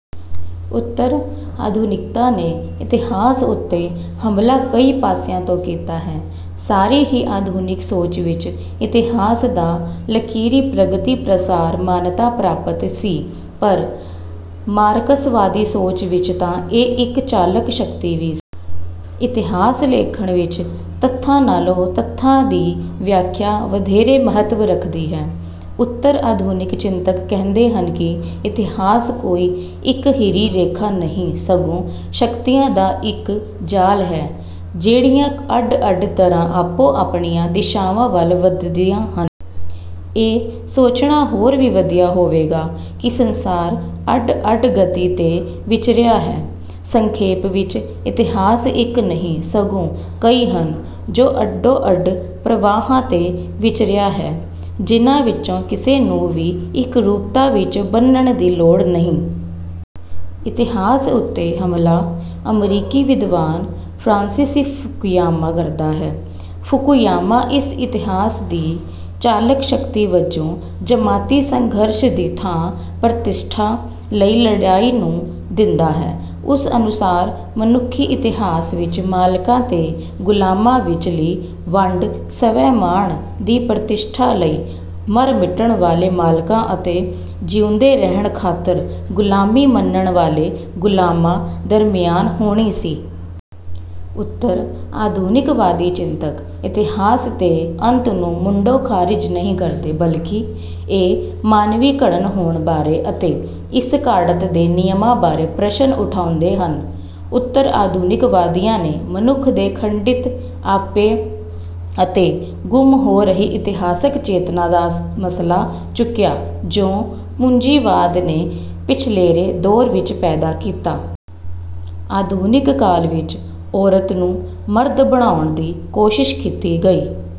ਉੱਤਰ-ਆਧੁਨਿਕਤਾ ਨੇ ਇਤਿਹਾਸ ਉੱਤੇ ਹਮਲਾ ਕਈ ਪਾਸਿਆਂ ਤੋਂ ਕੀਤਾ ਹੈ। ਸਾਰੀ ਹੀ ਆਧੁਨਿਕ ਸੋਚ ਵਿੱਚ ਇਤਿਹਾਸ ਦਾ ਲਕੀਰੀ ਪ੍ਰਗਤੀ-ਪ੍ਰਸਾਰ ਮਾਨਤਾ ਪ੍ਰਾਪਤ ਸੀ, ਪਰ ਮਾਰਕਸਵਾਦੀ ਸੋਚ ਵਿੱਚ ਤਾਂ ਇਹ ਇੱਕ ਚਾਲਕ ਸ਼ਕਤੀ ਵੀ ਸੀ। ਇਤਿਹਾਸ-ਲੇਖਣ ਵਿੱਚ ਤੱਥਾਂ ਨਾਲੋਂ ਤੱਥਾਂ ਦੀ ਵਿਆਖਿਆ ਵਧੇਰੇ ਮਹੱਤਵ ਰੱਖਦੀ ਹੈ। ਉੱਤਰ-ਆਧੁਨਿਕ ਚਿੰਤਕ ਕਹਿੰਦੇ ਹਨ ਕਿ, “ਇਤਿਹਾਸ ਕੋਈ ਇੱਕਹਿਰੀ ਰੇਖਾ ਨਹੀਂ, ਸਗੋਂ ਸ਼ਕਤੀਆਂ ਦਾ ਇੱਕ ਜਾਲ ਹੈ, ਜਿਹੜੀਆਂ ਅੱਡ-ਅੱਡ ਤਰ੍ਹਾਂ ਆਪੋ-ਆਪਣੀਆਂ ਦਿਸ਼ਾਵਾਂ ਵੱਲ ਵੱਧਦੀਆਂ ਹਨ। ਇਹ ਸੋਚਣਾ ਹੋਰ ਵੀ ਵਧੀਆ ਹੋਵੇਗਾ ਕਿ ਸੰਸਾਰ ਅੱਡ-ਅੱਡ ਗਤੀ ਤੇ ਵਿਚਰਿਆ ਹੈ। ਸੰਖੇਪ ਵਿੱਚ ਇਤਿਹਾਸ ਇੱਕ ਨਹੀਂ, ਸਗੋਂ ਕਈ ਹਨ, ਜੋ ਅੱਡੋ-ਅੱਡ ਪ੍ਰਵਾਹਾਂ ਤੇ ਵਿਚਰਿਆ ਹੈ, ਜਿਨ੍ਹਾਂ ਵਿੱਚੋਂ ਕਿਸੇ ਨੂੰ ਵੀ ਇਕਰੂਪਤਾ ਵਿੱਚ ਬੰਨ੍ਹਣ ਦੀ ਲੋੜ ਨਹੀਂ।” ਇਤਿਹਾਸ ਉੱਤੇ ਹਮਲਾ ਅਮਰੀਕੀ ਵਿਦਵਾਨ ਫ਼ਰਾਂਸਿਸ ਫੁਕੂਯਾਮਾ ਕਰਦਾ ਹੈ। ਫੂਕੂਯਾਮਾ ਇਸ ਇਤਿਹਾਸ ਦੀ ਚਾਲਕ ਸ਼ਕਤੀ ਵਜੋਂ ਜਮਾਤੀ ਸੰਘਰਸ਼ ਦੀ ਥਾਂ ਪ੍ਰਤਿਸ਼ਠਾ ਲਈ ਲੜਾਈ ਨੂੰ ਦਿੰਦਾ ਹੈ। ਉਸ ਅਨੁਸਾਰ ਮਨੁੱਖੀ ਇਤਿਹਾਸ ਵਿੱਚ ਮਾਲਕਾਂ ਤੇ ਗੁਲਾਮਾਂ ਵਿਚਲੀ ਵੰਡ ਸਵੈ-ਮਾਣ ਦੀ ਪ੍ਰਤਿਸ਼ਠਾ ਲਈ ਮਰ-ਮਿਟਣ ਵਾਲੇ ਮਾਲਕਾਂ ਅਤੇ ਜਿਊਂਦੇ ਰਹਿਣ ਖਾਤਰ ਗੁਲਾਮੀ ਮੰਨਣ ਵਾਲੇ ਗੁਲਾਮਾਂ ਦਰਮਿਆਨ ਹੋਣੀ ਸੀ। ਉੱਤਰ-ਆਧੁਨਿਕਵਾਦੀ ਚਿੰਤਕ ਇਤਿਹਾਸ ਦੇ ਅੰਤ ਨੂੰ ਮੁੱਢੋਂ ਖਾਰਿਜ ਨਹੀਂ ਕਰਦੇ, ਬਲਕਿ ਇਹ ਮਾਨਵੀ ਘੜਤ ਹੋਣ ਬਾਰੇ ਅਤੇ ਇਸ ਘਾੜਤ ਦੇ ਨਿਯਮਾਂ ਬਾਰੇ ਪ੍ਰਸ਼ਨ ਉਠਾਉਂਦੇ ਹਨ। ਉੱਤਰ-ਆਧੁਨਿਕਵਾਦੀਆਂ ਨੇ ਮਨੁੱਖ ਦੇ ਖੰਡਿਤ ਆਪੇ ਅਤੇ ਗੁੰਮ ਹੋ ਰਹੀ ਇਤਿਹਾਸਕ ਚੇਤਨਾ ਦਾ ਮਸਲਾ ਚੁੱਕਿਆ, ਜੋ ਪੂੰਜੀਵਾਦ ਨੇ ਪਿਛਲੇਰੇ ਦੌਰ ਵਿੱਚ ਪੈਦਾ ਕੀਤਾ। ਆਧੁਨਿਕ ਕਾਲ ਵਿੱਚ ਔਰਤ ਨੂੰ ਮਰਦ ਬਣਾਉਣ ਦੀ ਕੋਸ਼ਿਸ਼ ਕੀਤੀ ਗਈ।